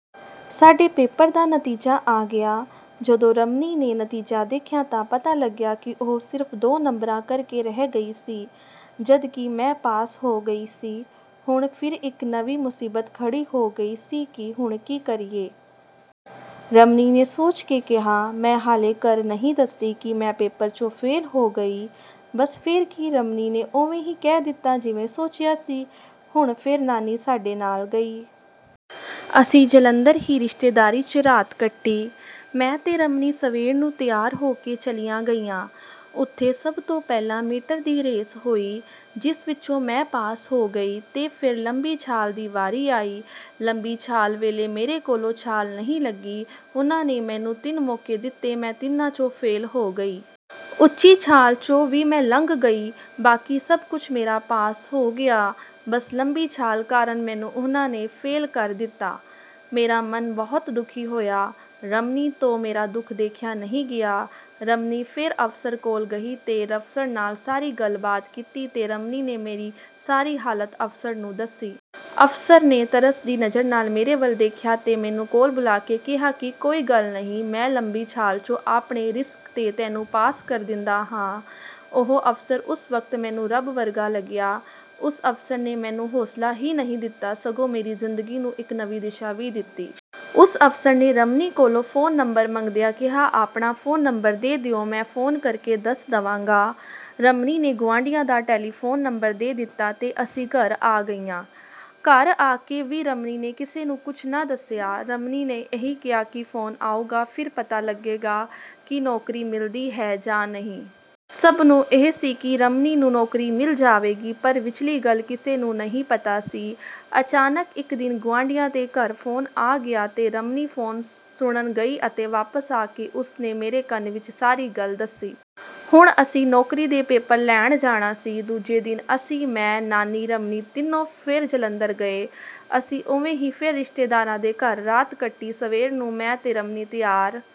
ਸਾਡੇ ਪੇਪਰ ਦਾ ਨਤੀਜਾ ਆ ਗਿਆ, ਜਦੋਂ ਰਮਨੀ ਨੇ ਨਤੀਜਾ ਦੇਖਿਆ ਤਾਂ ਪਤਾ ਲੱਗਿਆ ਕਿ ਉਹ ਸਿਰਫ਼ ਦੋ ਨੰਬਰਾਂ ਕਰਕੇ ਰਹਿ ਗਈ ਸੀ, ਜਦਕਿ ਮੈਂ ਪਾਸ ਹੋ ਗਈ ਸੀ। ਹੁਣ ਫਿਰ ਇੱਕ ਨਵੀਂ ਮੁਸੀਬਤ ਖੜੀ ਹੋ ਗਈ ਸੀ ਕਿ ਹੁਣ ਕੀ ਕਰੀਏ? ਰਮਨੀ ਨੇ ਸੋਚ ਕੇ ਕਿਹਾ, ਮੈਂ ਹਾਲੇ ਘਰ ਨਹੀਂ ਦੱਸਦੀ ਕਿ ਮੈਂ ਪੇਪਰ ਚੋਂ ਫੇਲ੍ਹ ਹੋ ਗਈ, ਬਸ ਫੇਰ ਕੀ ਰਮਨੀ ਨੇ ਉਵੇਂ ਹੀ ਕਹਿ ਦਿੱਤਾ ਜਿਵੇਂ ਸੋਚਿਆ ਸੀ, ਹੁਣ ਫੇਰ ਨਾਨੀ ਸਾਡੇ ਨਾਲ ਗਈ। ਅਸੀਂ ਜਲੰਧਰ ਹੀ ਰਿਸ਼ਤੇਦਾਰੀ 'ਚ ਰਾਤ ਕੱਟੀ, ਮੈਂ ਤੇ ਰਮਨੀ ਸਵੇਰ ਨੂੰ ਤਿਆਰ ਹੋ ਕੇ ਚਲੀਆਂ ਗਈਆਂ, ਉੱਥੇ ਸਭ ਤੋਂ ਪਹਿਲਾਂ ਮੀਟਰ ਦੀ ਰੇਸ ਹੋਈ, ਜਿਸ ਵਿੱਚੋਂ ਮੈਂ ਪਾਸ ਹੋ ਗਈ। ਤੇ ਫੇਰ ਲੰਬੀ ਛਾਲ ਦੀ ਵਾਰੀ ਆਈ, ਲੰਬੀ ਛਾਲ ਵੇਲੇ ਮੇਰੇ ਕੋਲੋਂ ਛਾਲ ਨਹੀਂ ਲੱਗੀ, ਉਹਨਾਂ ਨੇ ਮੈਨੂੰ ਤਿੰਨ ਮੌਕੇ ਦਿੱਤੇ ਮੈਂ ਤਿੰਨਾਂ ਚੋਂ ਫੇਲ੍ਹ ਹੋ ਗਈ। ਉੱਚੀ ਛਾਲ ਚੋਂ ਵੀ ਮੈਂ ਲੰਘ ਗਈ, ਬਾਕੀ ਸਭ ਕੁਝ ਮੇਰਾ ਪਾਸ ਹੋ ਗਿਆ, ਬਸ ਲੰਬੀ ਛਾਲ ਕਾਰਨ ਮੈਨੂੰ ਉਹਨਾਂ ਨੇ ਫੇਲ ਕਰ ਦਿੱਤਾ। ਮੇਰਾ ਮਨ ਬਹੁਤ ਦੁੱਖੀ ਹੋਇਆ, ਰਮਨੀ ਤੋਂ ਮੇਰਾ ਦੁੱਖ ਦੇਖਿਆ ਨਹੀਂ ਗਿਆ, ਰਮਨੀ ਫੇਰ ਅਫਸਰ ਕੋਲ ਗਈ ਤੇ ਅਫਸਰ ਨਾਲ ਸਾਰੀ ਗੱਲਬਾਤ ਕੀਤੀ ਤੇ ਰਮਨੀ ਨੇ ਮੇਰੀ ਸਾਰੀ ਹਾਲਤ ਅਫਸਰ ਨੂੰ ਦੱਸੀ। ਅਫਸਰ ਨੇ ਤਰਸ ਦੀ ਨਜ਼ਰ ਨਾਲ ਮੇਰੇ ਵੱਲ ਦੇਖਿਆ ਤੇ ਮੈਨੂੰ ਕੋਲ ਬੁਲਾ ਕੇ ਕਿਹਾ ਕਿ ਕੋਈ ਗੱਲ ਨਹੀਂ ਮੈਂ ਲੰਬੀ ਛਾਲ ਚੋਂ ਆਪਣੇ ਰਿਸਕ ਤੇ ਤੈਨੂੰ ਪਾਸ ਕਰ ਦਿੰਦਾ ਹਾਂ, ਉਹ ਅਫਸਰ ਉਸ ਵਕਤ ਮੈਨੂੰ ਰੱਬ ਵਰਗਾ ਲੱਗਿਆ, ਉਸ ਅਫਸਰ ਨੇ ਮੈਨੂੰ ਹੌਸਲਾ ਹੀ ਨਹੀਂ ਦਿੱਤਾ, ਸਗੋਂ ਮੇਰੀ ਜ਼ਿੰਦਗੀ ਨੂੰ ਇੱਕ ਨਵੀਂ ਦਿਸ਼ਾ ਵੀ ਦਿੱਤੀ। ਉਸ ਅਫਸਰ ਨੇ ਰਮਨੀ ਕੋਲੋਂ ਫੋਨ ਨੰਬਰ ਮੰਗਦਿਆਂ ਕਿਹਾ ਆਪਣਾ ਫੋਨ ਨੰਬਰ ਦੇ ਦਿਓ ਮੈਂ ਫੋਨ ਕਰਕੇ ਦੱਸ ਦਵਾਂਗਾ। ਰਮਨੀ ਨੇ ਗੁਆਂਢੀਆਂ ਦਾ ਟੈਲੀਫੋਨ ਨੰਬਰ ਦੇ ਦਿੱਤਾ, ਤੇ ਅਸੀਂ ਘਰ ਆ ਗਈਆਂ। ਘਰ ਆ ਕੇ ਵੀ ਰਮਨੀ ਨੇ ਕਿਸੇ ਨੂੰ ਕੁਝ ਨਾ ਦੱਸਿਆ, ਰਮਨੀ ਨੇ ਇਹੀ ਕਿਹਾ ਕਿ ਫੋਨ ਆਉਗਾ ਫਿਰ ਪਤਾ ਲੱਗੇਗਾ ਕਿ ਨੌਕਰੀ ਮਿਲਦੀ ਹੈ ਜਾਂ ਨਹੀਂ। ਸਭ ਨੂੰ ਇਹ ਸੀ ਕਿ ਰਮਨੀ ਨੂੰ ਨੌਕਰੀ ਮਿਲ ਜਾਵੇਗੀ ਪਰ ਵਿਚਲੀ ਗੱਲ ਕਿਸੇ ਨੂੰ ਨਹੀਂ ਪਤਾ ਸੀ, ਅਚਾਨਕ ਇੱਕ ਦਿਨ ਗੁਆਂਢੀਆਂ ਦੇ ਘਰ ਫੋਨ ਆ ਗਿਆ, ਤੇ ਰਮਨੀ ਫੋਨ ਸੁਣਨ ਗਈ ਅਤੇ ਵਾਪਸ ਆ ਕੇ ਉਸ ਨੇ ਮੇਰੇ ਕੰਨ ਵਿੱਚ ਸਾਰੀ ਗੱਲ ਦੱਸੀ। ਹੁਣ ਅਸੀਂ ਨੌਕਰੀ ਦੇ ਪੇਪਰ ਲੈਣ ਜਾਣਾ ਸੀ, ਦੂਜੇ ਦਿਨ ਅਸੀਂ ਮੈਂ, ਨਾਨੀ, ਰਮਨੀ ਤਿੰਨੋਂ ਫੇਰ ਜਲੰਧਰ ਗਏ, ਅਸੀਂ ਉਵੇਂ ਹੀ ਫੇਰ ਰਿਸ਼ਤੇਦਾਰਾਂ ਦੇ ਘਰ ਰਾਤ ਕੱਟੀ, ਸਵੇਰ ਨੂੰ ਮੈਂ ਤੇ ਰਮਨੀ ਤਿਆਰ